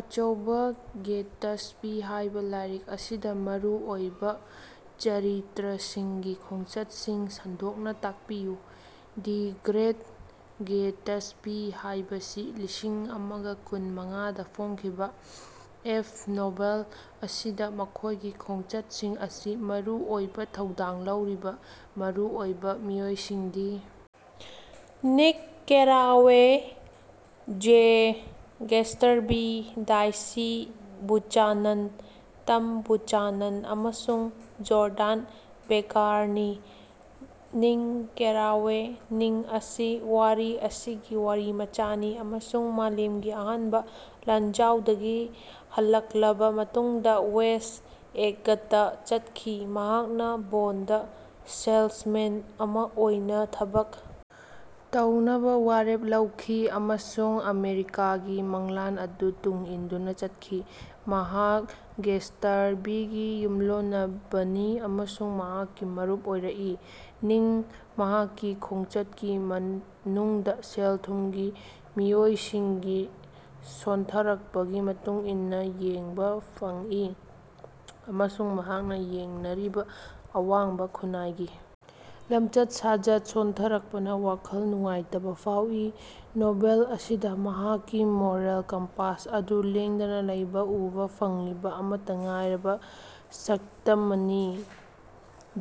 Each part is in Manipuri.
"ꯑꯆꯧꯕꯥ ꯒ꯭ꯌꯦꯇꯁꯕꯤ ꯍꯥꯏꯕꯥ ꯂꯥꯏꯔꯤꯛ ꯑꯁꯤꯗꯥ ꯃꯔꯨ ꯑꯣꯏꯕꯥ ꯆꯔꯤꯇ꯭ꯔꯁꯤꯡꯒꯤ ꯈꯣꯡꯆꯠꯁꯤꯡ ꯁꯟꯗꯣꯛꯅꯥ ꯇꯥꯛꯄꯤꯌꯨ꯫"ꯗꯤ ꯒ꯭ꯔꯦꯠ ꯒ꯭ꯌꯦꯇꯁꯕꯤ" ꯍꯥꯏꯕꯁꯤ ꯂꯤꯁꯤꯡ ꯑꯃꯒ ꯀꯨꯟ ꯃꯉꯥ ꯗꯥ ꯐꯣꯡꯈꯤꯕꯥ ꯑꯦꯐ. ꯅꯣꯚꯦꯜ ꯑꯁꯤꯗꯥ ꯃꯈꯣꯏꯒꯤ ꯈꯣꯡꯆꯠꯁꯤꯡ ꯑꯁꯤ ꯃꯔꯨ ꯑꯣꯏꯕꯥ ꯊꯧꯗꯥꯡ ꯂꯧꯔꯤꯕꯥ ꯃꯔꯨ ꯑꯣꯏꯕꯥ ꯃꯤꯑꯣꯏꯁꯤꯡꯗꯤ Nick Carraway, Jay Gatsby, Daisy Buchanan, Tom Buchanan ꯑꯃꯁꯨꯡ ꯖꯣꯔꯗꯥꯟ ꯕꯦꯀꯥꯔꯅꯤ꯫ ꯅꯤꯛ ꯀꯦꯔꯥꯋꯦ ꯅꯤꯛ ꯑꯁꯤ ꯋꯥꯔꯤ ꯑꯁꯤꯒꯤ ꯋꯥꯔꯤꯃꯆꯥꯅꯤ ꯑꯃꯁꯨꯡ ꯃꯥꯂꯦꯝꯒꯤ ꯑꯍꯥꯟꯕ ꯂꯥꯟꯖꯥꯎꯗꯒꯤ ꯍꯜꯂꯛꯂꯕꯥ ꯃꯇꯨꯡꯗꯥ ꯋꯦꯁ꯭ꯠ ꯑꯦꯒꯇꯥ ꯆꯠꯈꯤ꯫ ꯃꯍꯥꯛꯅꯥ ꯕꯣꯟꯗ ꯁꯦꯜꯂꯁꯃꯦꯟ ꯑꯃ ꯑꯣꯏꯅ ꯊꯕꯛ ꯇꯧꯅꯕꯥ ꯋꯥꯔꯦꯞ ꯂꯧꯈꯤ꯫ ꯑꯃꯁꯨꯡ ꯑꯃꯦꯔꯤꯀꯥꯒꯤ ꯃꯪꯂꯥꯟ ꯑꯗꯨ ꯇꯨꯡ ꯏꯟꯗꯨꯅꯥ ꯆꯠꯈꯤ꯫ ꯃꯍꯥꯛ ꯒ꯭ꯌꯦꯇꯁꯕꯤꯒꯤ ꯌꯨꯝꯂꯣꯟꯅꯕꯅꯤ ꯑꯃꯁꯨꯡ ꯃꯍꯥꯛꯀꯤ ꯃꯔꯨꯞ ꯑꯣꯏꯔꯛꯏ꯫ ꯅꯤꯛ ꯃꯍꯥꯛꯀꯤ ꯈꯣꯡꯆꯠꯀꯤ ꯃꯅꯨꯡꯗꯥ ꯁꯦꯜ-ꯊꯨꯝꯒꯤ ꯃꯤꯑꯣꯏꯁꯤꯡꯒꯤ ꯁꯣꯟꯊꯔꯛꯄꯒꯤ ꯃꯇꯨꯡ ꯏꯟꯅꯥ ꯌꯦꯡꯕꯥ ꯐꯪꯏ꯫ ꯑꯃꯁꯨꯡ ꯃꯍꯥꯛꯅꯥ ꯊꯦꯡꯅꯔꯤꯕꯥ ꯑꯋꯥꯡꯕꯥ ꯈꯨꯟꯅꯥꯏꯒꯤ ꯂꯝꯆꯠ-ꯁꯥꯖꯠ ꯁꯣꯟꯊꯔꯛꯄꯅꯥ ꯋꯥꯈꯜ ꯅꯨꯡꯉꯥꯏꯇꯕꯥ ꯐꯥꯎꯏ꯫ ꯅꯣꯚꯦꯜ ꯑꯁꯤꯗꯥ ꯃꯍꯥꯛꯀꯤ ꯃꯣꯔꯦꯜ ꯀꯝꯄꯥꯁ ꯑꯗꯨ ꯂꯦꯡꯗꯅꯥ ꯂꯩꯕꯥ ꯎꯕꯥ ꯐꯪꯂꯤꯕꯥ ꯑꯃꯠꯇꯥ ꯉꯥꯏꯔꯕꯥ ꯁꯛꯇꯃꯅꯤ꯫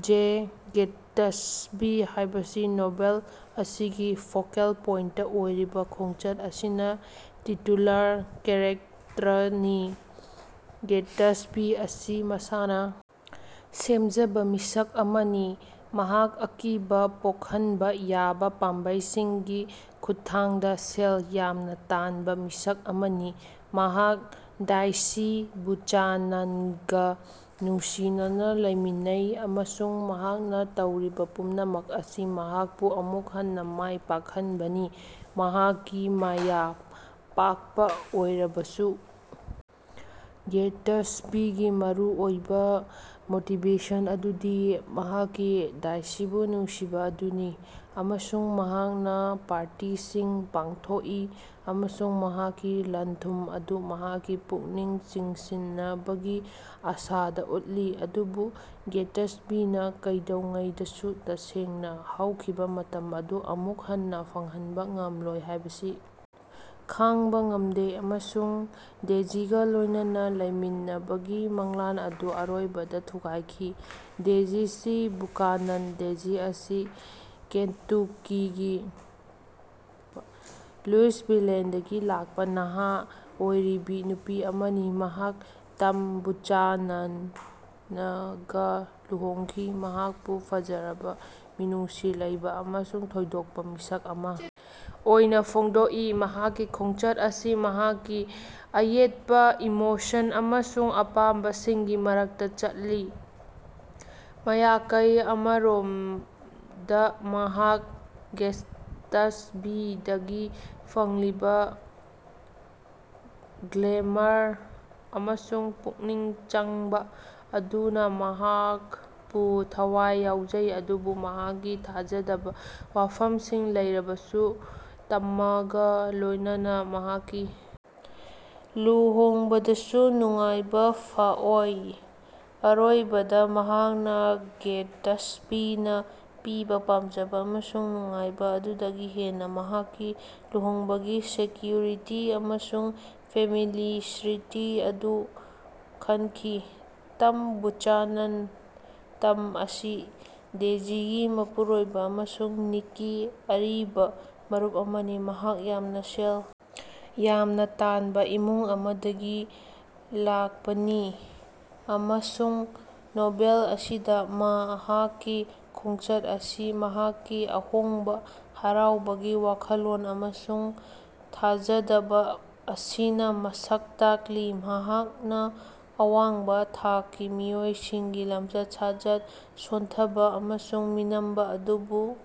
ꯖꯦ ꯒ꯭ꯌꯦꯇꯁꯕꯤ ꯍꯥꯏꯕꯁꯤ ꯅꯣꯚꯦꯜ ꯑꯁꯤꯒꯤ ꯐꯣꯀꯦꯜ ꯄꯣꯏꯟꯇ ꯑꯣꯏꯔꯤꯕꯥ ꯈꯣꯡꯆꯠ ꯑꯁꯤꯅꯥ ꯇꯤꯇꯨꯂꯔ ꯀꯦꯔꯦꯛꯇ꯭ꯔꯅꯤ꯫ ꯒ꯭ꯌꯦꯇꯁꯕꯤ ꯑꯁꯤ ꯃꯁꯥꯅꯥ ꯁꯦꯝꯖꯕꯥ ꯃꯤꯁꯛ ꯑꯃꯅꯤ꯫ ꯃꯍꯥꯛ ꯑꯀꯤꯕꯥ ꯄꯣꯛꯍꯟꯕꯥ ꯌꯥꯕꯥ ꯄꯥꯝꯕꯩꯁꯤꯡꯒꯤ ꯈꯨꯠꯊꯥꯡꯗꯥ ꯁꯦꯜ ꯌꯥꯝꯅꯥ ꯇꯥꯟꯕꯥ ꯃꯤꯁꯛ ꯑꯃꯅꯤ꯫ ꯃꯍꯥꯛ ꯗꯥꯏꯁꯤ ꯕꯨꯆꯥꯅꯟꯒꯥ ꯅꯨꯡꯁꯤꯅꯅꯥ ꯂꯩꯃꯤꯟꯅꯩ꯫ ꯑꯃꯁꯨꯡ ꯃꯍꯥꯛꯅꯥ ꯇꯧꯔꯤꯕꯥ ꯄꯨꯝꯅꯃꯛ ꯑꯁꯤ ꯃꯍꯥꯛꯄꯨ ꯑꯃꯨꯛ ꯍꯟꯅꯥ ꯃꯥꯏ ꯄꯥꯛꯍꯟꯕꯅꯤ꯫ ꯃꯍꯥꯛꯀꯤ ꯃꯥꯌ ꯄꯥꯛꯄꯥ ꯑꯣꯏꯔꯕꯁꯨ ꯒ꯭ꯌꯦꯇꯁꯕꯤꯒꯤ ꯃꯔꯨꯑꯣꯏꯕꯥ ꯃꯣꯇꯤꯕꯦꯁꯟ ꯑꯗꯨꯗꯤ ꯃꯍꯥꯛꯀꯤ ꯗꯥꯏꯁꯤꯕꯨ ꯅꯨꯡꯁꯤꯕꯥ ꯑꯗꯨꯅꯤ꯫ ꯑꯃꯁꯨꯡ ꯃꯍꯥꯛꯅꯥ ꯄꯥꯔꯇꯤꯁꯤꯡ ꯄꯥꯡꯊꯣꯛꯏ ꯫ꯑꯃꯁꯨꯡ ꯃꯍꯥꯛꯀꯤ ꯂꯟ-ꯊꯨꯝ ꯑꯗꯨ ꯃꯍꯥꯛꯀꯤ ꯄꯨꯛꯅꯤꯡ ꯆꯤꯡꯁꯤꯅꯕꯒꯤ ꯑꯥꯁꯥꯗꯥ ꯎꯠꯂꯤ꯫ ꯑꯗꯨꯕꯨ ꯒ꯭ꯌꯦꯇꯁꯕꯤꯅꯥ ꯀꯩꯗꯧꯉꯩꯗꯁꯨ ꯇꯁꯦꯡꯅꯥ ꯍꯧꯈꯤꯕꯥ ꯃꯇꯝ ꯑꯗꯨ ꯑꯃꯨꯛ ꯍꯟꯅꯥ ꯐꯪꯍꯟꯕꯥ ꯉꯝꯂꯣꯏ ꯍꯥꯏꯕꯁꯤ ꯈꯡꯕꯥ ꯉꯝꯗꯦ꯫ ꯑꯃꯁꯨꯡ ꯗꯦꯖꯤꯒꯥ ꯂꯣꯏꯅꯅꯥ ꯂꯩꯃꯤꯟꯅꯕꯒꯤ ꯃꯪꯂꯥꯟ ꯑꯗꯨ ꯑꯔꯣꯏꯕꯗꯥ ꯊꯨꯒꯥꯏꯈꯤ꯫ ꯗꯦꯖꯤꯁꯤ ꯕꯨꯀꯥꯅꯟ ꯗꯦꯖꯤ ꯑꯁꯤ ꯀꯦꯟꯇꯨꯀꯤꯒꯤ ꯂꯨꯏꯁꯚꯤꯂꯦꯗꯒꯤ ꯂꯥꯛꯄꯥ ꯅꯍꯥ ꯑꯣꯏꯔꯤꯕꯤ ꯅꯨꯄꯤ ꯑꯃꯅꯤ꯫ ꯃꯍꯥꯛ ꯇꯝ ꯕꯨꯆꯥꯅꯅꯒꯥ ꯂꯨꯍꯣꯡꯈꯤ꯫ ꯃꯍꯥꯛꯄꯨ ꯐꯖꯔꯕꯥ, ꯃꯤꯅꯨꯡꯁꯤ ꯂꯩꯕꯥ ꯑꯃꯁꯨꯡ ꯊꯣꯏꯗꯣꯛꯄ ꯃꯤꯁꯛ ꯑꯃꯥ ꯑꯣꯏꯅꯥ ꯐꯣꯡꯗꯣꯛꯏ꯫ ꯃꯍꯥꯛꯀꯤ ꯈꯣꯡꯆꯠ ꯑꯁꯤ ꯃꯍꯥꯛꯀꯤ ꯑꯌꯦꯠꯄꯥ ꯏꯃꯣꯁꯟ ꯑꯃꯁꯨꯡ ꯑꯄꯥꯝꯕꯁꯤꯡꯒꯤ ꯃꯔꯛꯇꯥ ꯆꯠꯂꯤ꯫ ꯃꯥꯌꯀꯩ ꯑꯃꯔꯣꯝꯗꯥ ꯃꯍꯥꯛ ꯒ꯭ꯌꯦꯇꯁꯕꯤꯗꯒꯤ ꯐꯪꯂꯤꯕꯥ ꯒ꯭ꯂꯦꯃꯔ ꯑꯃꯁꯨꯡ ꯄꯨꯛꯅꯤꯡ ꯆꯪꯕꯥ ꯑꯗꯨꯅꯥ ꯃꯍꯥꯀꯄꯨ ꯊꯋꯥꯏ ꯌꯥꯎꯖꯩ ꯑꯗꯨꯕꯨ ꯃꯍꯥꯛꯀꯤ ꯊꯥꯖꯗꯕꯥ ꯋꯥꯐꯝꯁꯤꯡ ꯂꯩꯔꯕꯁꯨ ꯇꯃꯒꯥ ꯂꯣꯏꯅꯅꯥ ꯃꯍꯥꯛꯀꯤ ꯂꯨꯍꯣꯡꯕꯗꯁꯨ ꯅꯨꯡꯉꯥꯏꯕꯥ ꯐꯥꯑꯣꯏ꯫ ꯑꯔꯣꯏꯕꯗꯥ ꯃꯍꯥꯛꯅꯥ ꯒ꯭ꯌꯦꯇꯁꯕꯤꯅꯥ ꯄꯤꯕꯥ ꯄꯥꯝꯖꯕꯥ ꯑꯃꯁꯨꯡ ꯅꯨꯡꯉꯥꯏꯕꯥ ꯑꯗꯨꯗꯒꯤ ꯍꯦꯟꯅꯥ ꯃꯍꯥꯛꯀꯤ ꯂꯨꯍꯣꯡꯕꯒꯤ ꯁꯦꯛꯌꯨꯔꯤꯇꯤ ꯑꯃꯁꯨꯡ ꯐꯦꯃꯤꯂꯤꯌ꯭ꯔꯤꯇꯤ ꯑꯗꯨ ꯈꯟꯈꯤ꯫ ꯇꯝ ꯕꯨꯆꯥꯅꯟ ꯇꯝ ꯑꯁꯤ ꯗꯦꯖꯤꯒꯤ ꯃꯄꯨꯔꯣꯏꯕꯥ ꯑꯃꯁꯨꯡ ꯅꯤꯛꯀꯤ ꯑꯔꯤꯕꯥ ꯃꯔꯨꯞ ꯑꯃꯅꯤ꯫ ꯃꯍꯥꯛ ꯌꯥꯝꯅꯥ ꯁꯦꯜ ꯌꯥꯝꯅꯥ ꯇꯥꯟꯕꯥ ꯏꯃꯨꯡ ꯑꯃꯗꯒꯤ ꯂꯥꯀꯄꯅꯤ꯫ ꯑꯃꯁꯨꯡ ꯅꯣꯚꯦꯜ ꯑꯁꯤꯗꯥ ꯃꯍꯥꯛꯀꯤ ꯈꯣꯡꯆꯠ ꯑꯁꯤ ꯃꯍꯥꯛꯀꯤ ꯑꯍꯣꯡꯕꯥ ꯍꯔꯥꯎꯕꯒꯤ ꯋꯥꯈꯜꯂꯣꯟ ꯑꯃꯁꯨꯡ ꯊꯥꯖꯗꯕꯥ ꯑꯁꯤꯅꯥ ꯃꯁꯛ ꯇꯥꯛꯂꯤ꯫ ꯃꯍꯥꯛꯅꯥ ꯑꯋꯥꯡꯕꯥ ꯊꯥꯛꯀꯤ ꯃꯤꯑꯣꯏꯁꯤꯡꯒꯤ ꯂꯝꯆꯠ-ꯁꯥꯖꯠ ꯁꯣꯟꯊꯕꯥ ꯑꯃꯁꯨꯡ ꯃꯤꯅꯝꯕꯥ ꯑꯗꯨꯕꯨ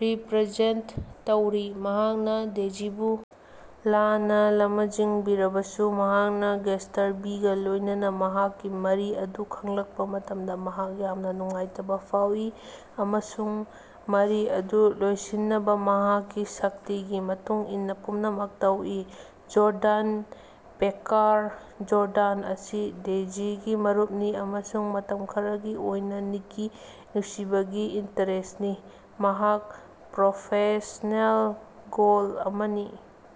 ꯔꯤꯞ꯭ꯔꯖꯦꯟꯇ ꯇꯧꯔꯤ꯫ ꯃꯍꯥꯛꯅꯥ ꯗꯦꯖꯤꯕꯨ ꯂꯥꯟꯅꯥ ꯂꯃꯖꯤꯡꯕꯤꯔꯕꯁꯨ, ꯃꯍꯥꯛꯅꯥ ꯒ꯭ꯌꯦꯇꯁꯕꯤꯒꯥ ꯂꯣꯏꯅꯅꯥ ꯃꯍꯥꯛꯀꯤ ꯃꯔꯤ ꯑꯗꯨ ꯈꯡꯂꯛꯄꯥ ꯃꯇꯝꯗꯥ ꯃꯍꯥꯛ ꯌꯥꯝꯅꯥ ꯅꯨꯡꯉꯥꯏꯇꯕꯥ ꯐꯥꯎꯏ꯫ ꯑꯃꯁꯨꯡ ꯃꯔꯤ ꯑꯗꯨ ꯂꯣꯏꯁꯤꯟꯅꯕꯥ ꯃꯍꯥꯛꯀꯤ ꯁꯛꯇꯤꯒꯤ ꯃꯇꯨꯡ ꯏꯟꯅꯥ ꯄꯨꯝꯅꯃꯛ ꯇꯧꯏ꯫ ꯖꯣꯔꯗꯥꯟ ꯕꯦꯀꯥꯔ ꯖꯣꯔꯗꯥꯟ ꯑꯁꯤ ꯗꯦꯖꯤꯒꯤ ꯃꯔꯨꯄꯅꯤ꯫ ꯑꯃꯁꯨꯡ ꯃꯇꯝ ꯈꯔꯒꯤ ꯑꯣꯏꯅꯥ ꯅꯤꯛꯀꯤ ꯅꯨꯡꯁꯤꯕꯒꯤ ꯏꯟꯇꯔꯦꯁ꯭ꯠꯅꯤ꯫ ꯃꯍꯥꯛ ꯄ꯭ꯔꯣꯐꯦꯁ꯭ꯅꯦꯜ ꯒꯣꯜ ꯑꯃꯅꯤ꯫